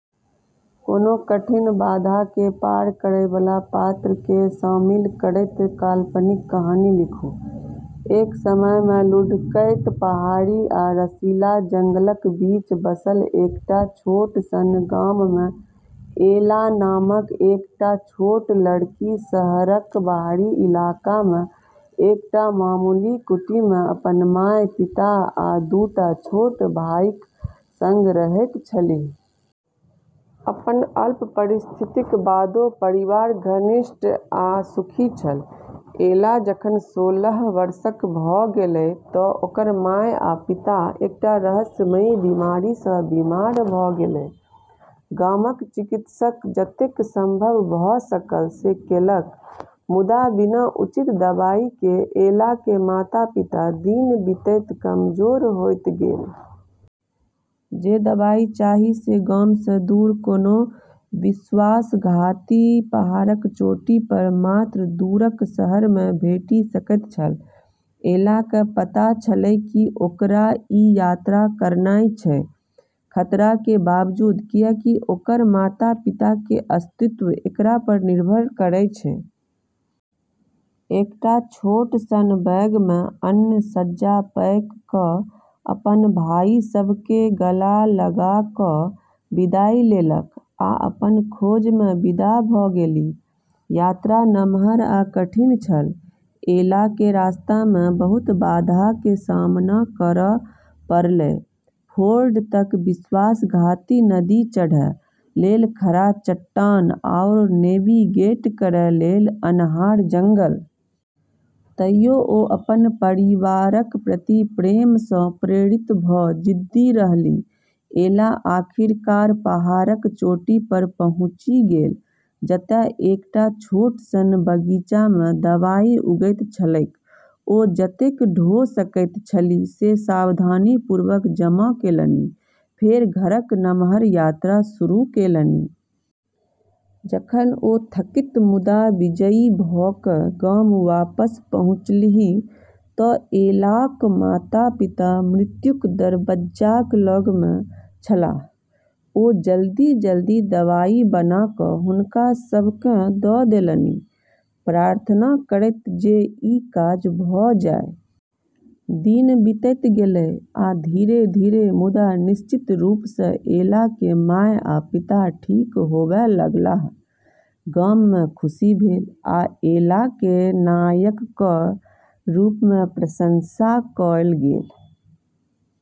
कोनो कठिन बाधाके पार करैबला पात्रके शामिल करैत काल्पनिक कहानी लिखू । एक समयमे लुढ़कैत पहाड़ी आ रसीला जंगलक बीच बसल एकटा छोट सन गाममे एला नामक एकटा छोट लड़की, शहरक बाहरी इलाकामे एकटा मामूली कुटीमे अपन माय, पिता आ दू टा छोट भाइक सङ्ग रहैत छलीह । अपन अल्प परिस्थितिक बादो परिवार घनिष्ठ आ सुखी छल। एला जखन सोलह वर्षक भ' गेलै त' ओकर माय आ पिता एकटा रहस्यमयी बीमारी सँ बीमार भ' गेलै। गामक चिकित्सक जतेक संभव भ' सकल से केलक, मुदा बिना उचित दवाइके एलाके माता-पिता दिन बीतैत कमजोर होइत गेल । जे दवाइ चाही से गामसँ दूर, कोनो विश्वासघाती पहाड़क चोटी पर मात्र दूरक शहरमे भेटि सकैत छल। एलाके पता छलै कि ओकरा ई यात्रा करनाइ छै, खतराके बावजूद, किएकि ओकर माता-पिताके अस्तित्व एकरा पर निर्भर करै छै। एकटा छोट सन बैगमे अन्न-सज्जा पैक क' अपन भाइ सभकेँ गला लगा क' विदाई लेलक आ अपन खोजमे विदा भ' गेलि। यात्रा नमहर आ कठिन छल। एलाके रस्तामे बहुत बाधाके सामना करऽ पड़लै: फोर्ड तक विश्वासघाती नदी, चढ़ै लेल खड़ा चट्टान, आओर नेविगेट करै लेल अन्हार जंगल । तइयो ओ अपन परिवारक प्रति प्रेमसँ प्रेरित भऽ जिद्दी रहलीह। एला आखिरकार पहाड़क चोटी पर पहुँचि गेल, जतय एकटा छोट सन बगीचामे दवाई उगैत छलैक। ओ जतेक ढो सकैत छलीह से सावधानीपूर्वक जमा केलनि, फेर घरक नमहर यात्रा शुरू केलनि। जखन ओ थकित मुदा विजयी भ' क' गाम वापस पहुँचलीह त' एला'क माता-पिता मृत्युक दरबज्जाक लग मे छलाह । ओ जलदी - जलदी दवाइ बना क' हुनका सभकेँ द' देलनि, प्रार्थना करैत जे ई काज भ' जाइ । दिन बीतैत गेलै, आ धीरे-धीरे मुदा निश्चित रूपसँ एलाके माय आ पिता ठीक होबय लगलाह। गाममे खुशी भेल, आ एलाकेँ नायकक रूपमे प्रशंसा कयल गेल।